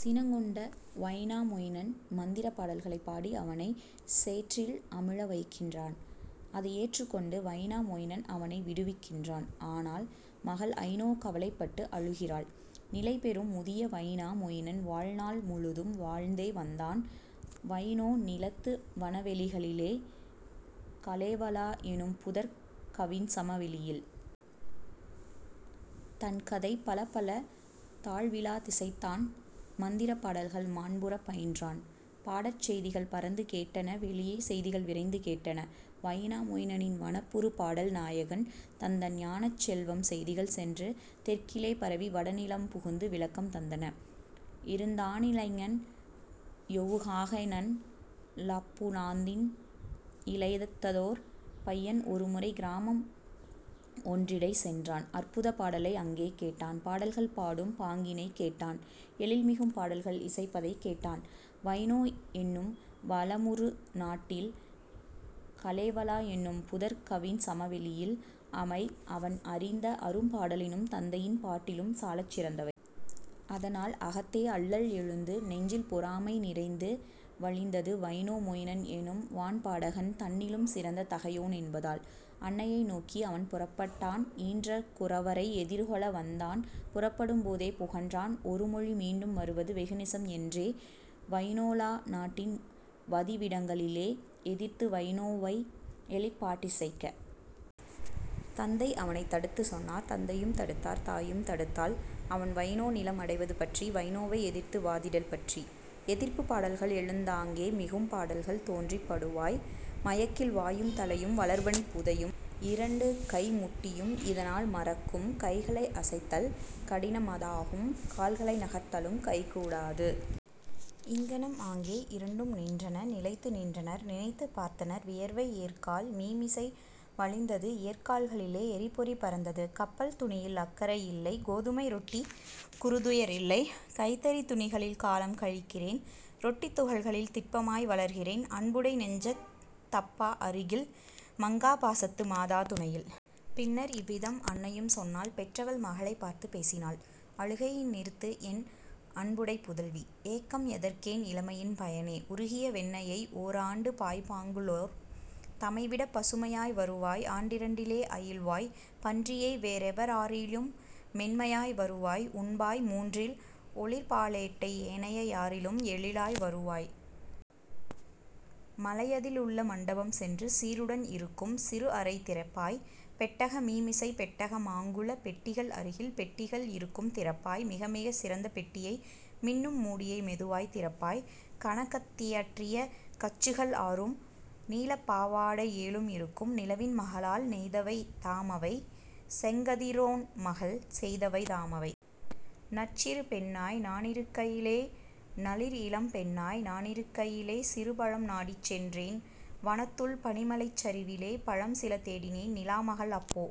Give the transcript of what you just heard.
சினங் கொண்ட வைனாமொயினன் மந்திரப் பாடல்களைப் பாடி அவனைச் சேற்றில் அமிழ வைக்கின்றான். அதை ஏற்றுக்கொண்டு வைனாமொயினன் அவனை விடுவிக்கின்றான். ஆனால் மகள் ஐனோ கவலைப்பட்டு அழுகிறாள். நிலைபெறும் முதிய வைனா மொயினன் வாழ்நாள் முழுதும் வாழ்ந்தே வந்தான் வைனோ நிலத்து வனவெளிகளிலே கலேவலா எனும்புதர்க் கவின்சம வெளியில். தன்கதை பலப்பல தாழ்விலாதிசைத்தான் மந்திரப் பாடல்கள் மாண்புறப் பயின்றான். பாடற் செய்திகள் பரந்து கேட்டன வெளியே செய்திகள் விரைந்து கேட்டன வைனா மொயினனின் வனப்புறு பாடல் நாயகன் தந்த ஞானச் செல்வம் செய்திகள் சென்று தெற்கிலே பரவி வடநிலம் புகுந்து விளக்கம் தந்தன. இருந்தானிளைஞன் யொவுகாஹைனன் லாப்புலாந்தின் இளைத்ததோர் பையன் ஒருமுறை கிராமம் ஒன்றிடைச் சென்றான் அற்புதப் பாடலை அங்கே கேட்டான் பாடல்கள் பாடும் பாங்கினைக் கேட்டான் எழில்மிகும் பாடல்கள் இசைப்பதைக் கேட்டான் வைனோ என்னும் வளமுறு நாட்டில் கலேவலா எனும்புதர்க் கவின்சம வெளியில் அவைஅவன் அறிந்த அரும்பாடலினும் தந்தையின் பாட்டிலும் சாலச் சிறந்தவை. அதனால் அகத்தே அல்லல் எழுந்து நெஞ்சில் பொறாமை நிறைந்து வழிந்தது வைனோ மொயினன் எனும்வான் பாடகன் தன்னிலும் சிறந்த தகையோன் என்பதால்; அன்னையை நோக்கி அவன் புறப்பட்டான் ஈன்ற குரவரை எதிர்கொள வந்தான் புறப்படும் போதே புகன்றான் ஒருமொழி மீண்டும் வருவது வெகுநிசம் என்றே வைனோலா நாட்டின் வதிவிடங்களிலே எதிர்த்துவைனோவை எழிற்பாட்டிசைக்க. தந்தை அவனைத் தடுத்துச் சொன்னார் தந்தையும் தடுத்தார் தாயும் தடுத்தாள் அவன்வைனோநிலம் அடைவது பற்றி வைனோவை எதிர்த்து வாதிடல் பற்றி; எதிர்ப்புப் பாடல்கள் எழுந்தாங்கே மிகும் பாடல்கள் தோன்றிப் படுவாய் மயக்கில் வாயும் தலையும் வளர்பனிப் புதையும் இரண்டுகை முட்டியும் இதனால் மரக்கும் கைகளை அசைத்தல் கடினமதாகும் கால்களை நகர்த்தலும் கைகூடாது. இங்ஙனம் ஆங்கே இரண்டும் நின்றன நிலைத்து நின்றனர் நினைத்துப் பார்த்தனர் வியர்வை ஏர்க்கால் மீமிசை வழிந்தது ஏர்க்கால்களிலே எரிப்பொறி பறந்தது. கப்பல் துணியில் அக்கறை இல்லை கோதுமை ரொட்டிக் குறுதுயரில்லை கைத்தறித் துணிகளில் காலம்கழிக்கிறேன் ரொட்டித் துகள்களில் திட்பமாய் வளர்கிறேன் அன்புடை நெஞ்சத் தப்பா அருகில் மங்காப் பாசத்து மாதா துணையில். பின்னர் இவ்விதம் அன்னையும் சொன்னாள் பெற்றவள் மகளைப் பார்த்துப் பேசினாள்: அழுகையை நிறுத்துஎன் அன்புடைப் புதல்வி! ஏக்கம் எதற்கென் இளமையின் பயனே! உருகிய வெண்ணையை ஓராண்டுண்பாய் பாங்குளோர் தமைவிடப் பசுமையாய் வருவாய் ஆண்டிரண்டிலே அயில்வாய் பன்றியை வேறெவர் யாரிலும் மென்மையாய் வருவாய் உண்பாய் மூன்றில் ஒளிர்பாலேட்டை ஏனைய யாரிலும் எழிலாய் வருவாய். மலையதியிலுள்ள மண்டபம் சென்று சீருடன் இருக்கும் சிறுஅறை திறப்பாய் பெட்டக மீமிசை பெட்டக மாங்குள பெட்டிகள் அருகில் பெட்டிகள் இருக்கும் திறப்பாய் மிகமிகச் சிறந்த பெட்டியை மின்னும் முடியை மெதுவாய்த் திறப்பாய் கனகத்தியற்றிய கச்சுகள் ஆறும் நீலப்பாவாடை ஏழும் இருக்கும் நிலவின் மகளால் நெய்தவை தாமவை செங்கதிரோன்மகள் செய்தவை தாமவை. நற்சிறு பெண்ணாய் நானிருக்கையிலே நளிர்இளம் பெண்ணாய் நானிருக்கையிலே சிறுபழம் நாடிச் சென்றேன் வனத்துள் பனிமலைச்சரிவிலே பழம்சில தேடினேன் நிலாமகள் அப்போ